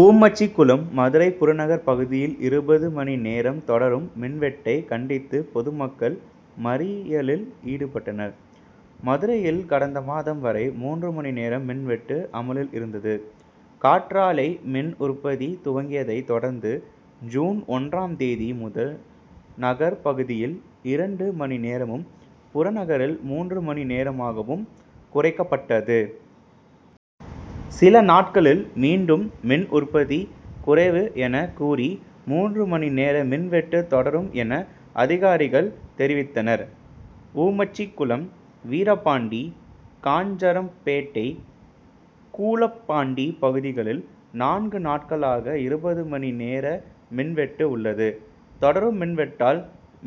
ஊமச்சிகுளம் மதுரை புறநகர் பகுதியில் இருபது மணி நேரம் தொடரும் மின்வெட்டை கண்டித்து பொதுமக்கள் மறியலில் ஈடுபட்டனர். மதுரையில் கடந்த மாதம் வரை மூன்று மணி நேரம் மின்வெட்டு அமலில் இருந்தது. காற்றாலை மின் உற்பதி துவங்கியதை தொடர்ந்து ஜூன் ஒன்றாம் தேதி முதல் நகர் பகுதியில் இரண்டு மணி நேரமும், புறநகரில் மூன்று மணி நேரமாகவும் குறைக்கப்பட்டது. சில நாட்களில் மீண்டும் மின் உற்பத்தி குறைவு என கூறி, மூன்று மணி நேர மின்வெட்டு தொடரும் என அதிகாரிகள் தெரிவித்தனர். ஊமச்சிகுளம், வீரபாண்டி, காஞ்சரம்பேட்டை, கூழப்பாண்டி பகுதிகளில் நான்கு நாட்களாக இருபது மணி நேர மின்வெட்டு உள்ளது. தொடரும் மின்வெட்டால்,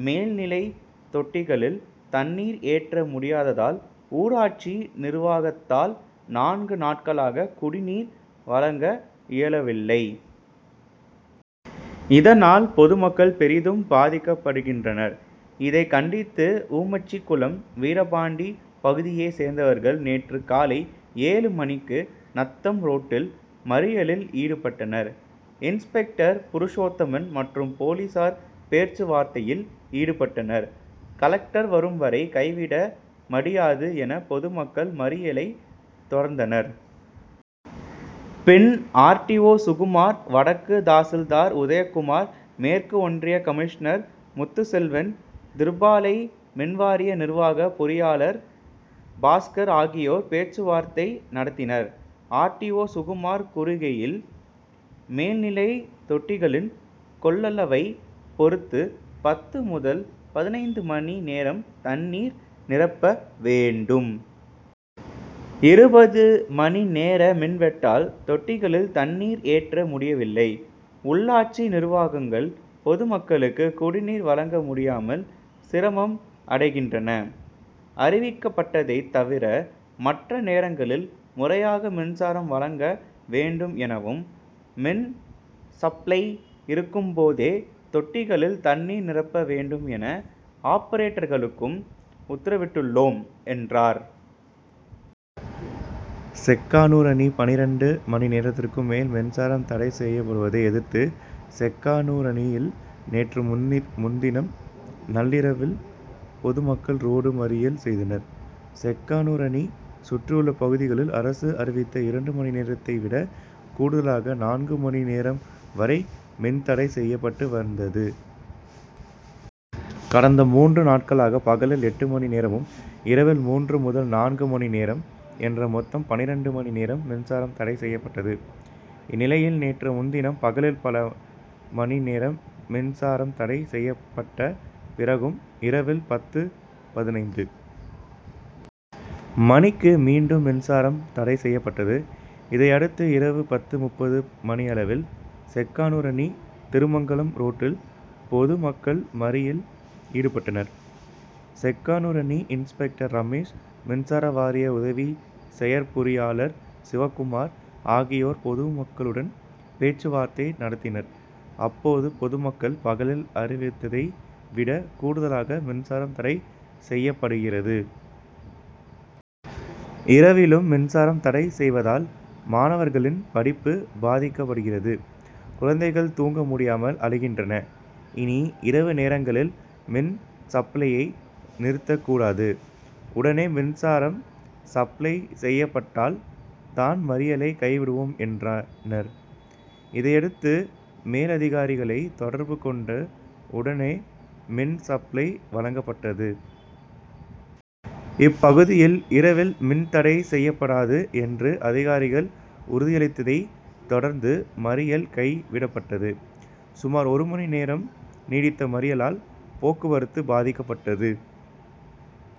மேல் நிலைத் தொட்டிகளில் தண்ணீர் ஏற்ற முடியாததால் ஊராட்சி நிர்வாகத்தால் நான்கு நாட்களாக குடிநீர் வழங்க இயலவில்லை. இதனால் பொதுமக்கள் பெரிதும் பாதிக்கப்படுகின்றனர். இதை கண்டித்து ஊமச்சிகுளம், வீரபாண்டி பகுதியை சேர்ந்தவர்கள் நேற்று காலை ஏழு மணிக்கு நத்தம் ரோட்டில் மறியலில் ஈடுபட்டனர். இன்ஸ்பெக்டர் புருஷோத்தமன் மற்றும் போலீசார் பேச்சுவார்த்தையில் ஈடுபட்டனர். கலெக்டர் வரும் வரை கைவிட மடியாது என பொதுமக்கள் மறியலை தொடர்ந்தனர். பின் ஆர். டி. ஓ., சுகுமார், வடக்கு தாசில்தார் உதயக்குமார், மேற்கு ஒன்றிய கமிஷ்னர் முத்துச்செல்வன், திருப்பாலை மின்வாரிய நிர்வாக பொறியாளர் பாஸ்கர் ஆகியோர் பேச்சுவார்த்தை நடத்தினர். ஆர். டி. ஓ., சுகுமார் கூறுகையில், மேல்நிலைத் தொட்டிகளின் கொள்ளளவை பொறுத்து பத்து முதல் பதினைந்து மணி நேரம் தண்ணீர் நிரப்ப வேண்டும். இருபது மணி நேர மின்வெட்டால் தொட்டிகளில் தண்ணீர் ஏற்ற முடியவில்லை. உள்ளாட்சி நிர்வாகங்கள் பொதுமக்களுக்கு குடிநீர் வழங்க முடியாமல் சிரமம் அடைகின்றன. அறிவிக்கப்பட்டதை தவிர மற்ற நேரங்களில் முறையாக மின்சாரம் வழங்க வேண்டும் எனவும், மின்சப்ளை இருக்கும்போதே தொட்டிகளில் தண்ணீர் நிரப்ப வேண்டும் என ஆப்பரேட்டர்களுக்கும் உத்தரவிட்டுள்ளோம், என்றார். செக்கானூரணி பன்னிரண்டு மணி நேரத்திற்கும் மேல் மின்சாரம் தடை செய்யப்படுவதை எதிர்த்து செக்கானூரணியில் நேற்று முன்தினம் நள்ளிரவில் பொதுமக்கள் ரோடு மறியல் செய்தனர். செக்கானூரணி, சுற்றியுள்ள பகுதிகளில் அரசு அறிவித்த இரண்டு மணி நேரத்தைவிட கூடுதலாக நான்கு மணி நேரம்வரை மின் தடை செய்யப்பட்டு வந்தது. கடந்த மூன்று நாட்களாக பகலில் எட்டு மணி நேரமும், இரவில் மூன்று முதல் நான்கு மணி நேரம் என்று மொத்தம் பன்னிரண்டு மணி நேரம் மின்சாரம் தடை செய்யப்பட்டது. இந்நிலையில் நேற்று முன்தினம் பகலில் பல மணி நேரம் மின்சாரம் தடை செய்யப்பட்ட பிறகும் இரவில் பத்து.பதினைந்து மணிக்கு மீண்டும் மின்சாரம் தடை செய்யப்பட்டது. இதையடுத்து இரவு பத்து.முப்பது மணியளவில் செக்கானூரணி-திருமங்கலம் ரோட்டில் பொது மக்கள் மறியல் ஈடுபட்டனர். செக்கானூரணி இன்ஸ்பெக்டர் ரமேஷ், மின்சார வாரிய உதவி செயற்பொறியாளர் சிவக்குமார் ஆகியோர் பொதுமக்களுடன் பேச்சுவார்த்தை நடத்தினர். அப்போது பொதுமக்கள் பகலில் அறிவித்ததை விட கூடுதலாக மின்சாரம் தடை செய்யப்படுகிறது. இரவிலும் மின்சாரம் தடை செய்வதால் மாணவர்களின் படிப்பு பாதிக்கப்படுகிறது. குழந்தைகள் தூங்க முடியாமல் அழுகின்றன. இனி இரவு நேரங்களில் மின் சப்ளையை நிறுத்த கூடாது. உடனே மின்சாரம் சப்ளை செய்யப்பட்டால் தான் மறியலை கைவிடுவோம் என்றனர். இதையடுத்து மேலதிகாரிகளை தொடர்பு கொண்டு உடனே மின் சப்ளை வழங்கப்பட்டது. இப்பகுதியில் இரவில் மின் தடை செய்யப்படாது என்று அதிகாரிகள் உறுதியளித்ததைத் தொடர்ந்து மறியல் கை விடப்பட்டது. சுமார் ஒரு மணி நேரம் நீடித்த மறியலால் போக்குவரத்து பாதிக்கப்பட்டது.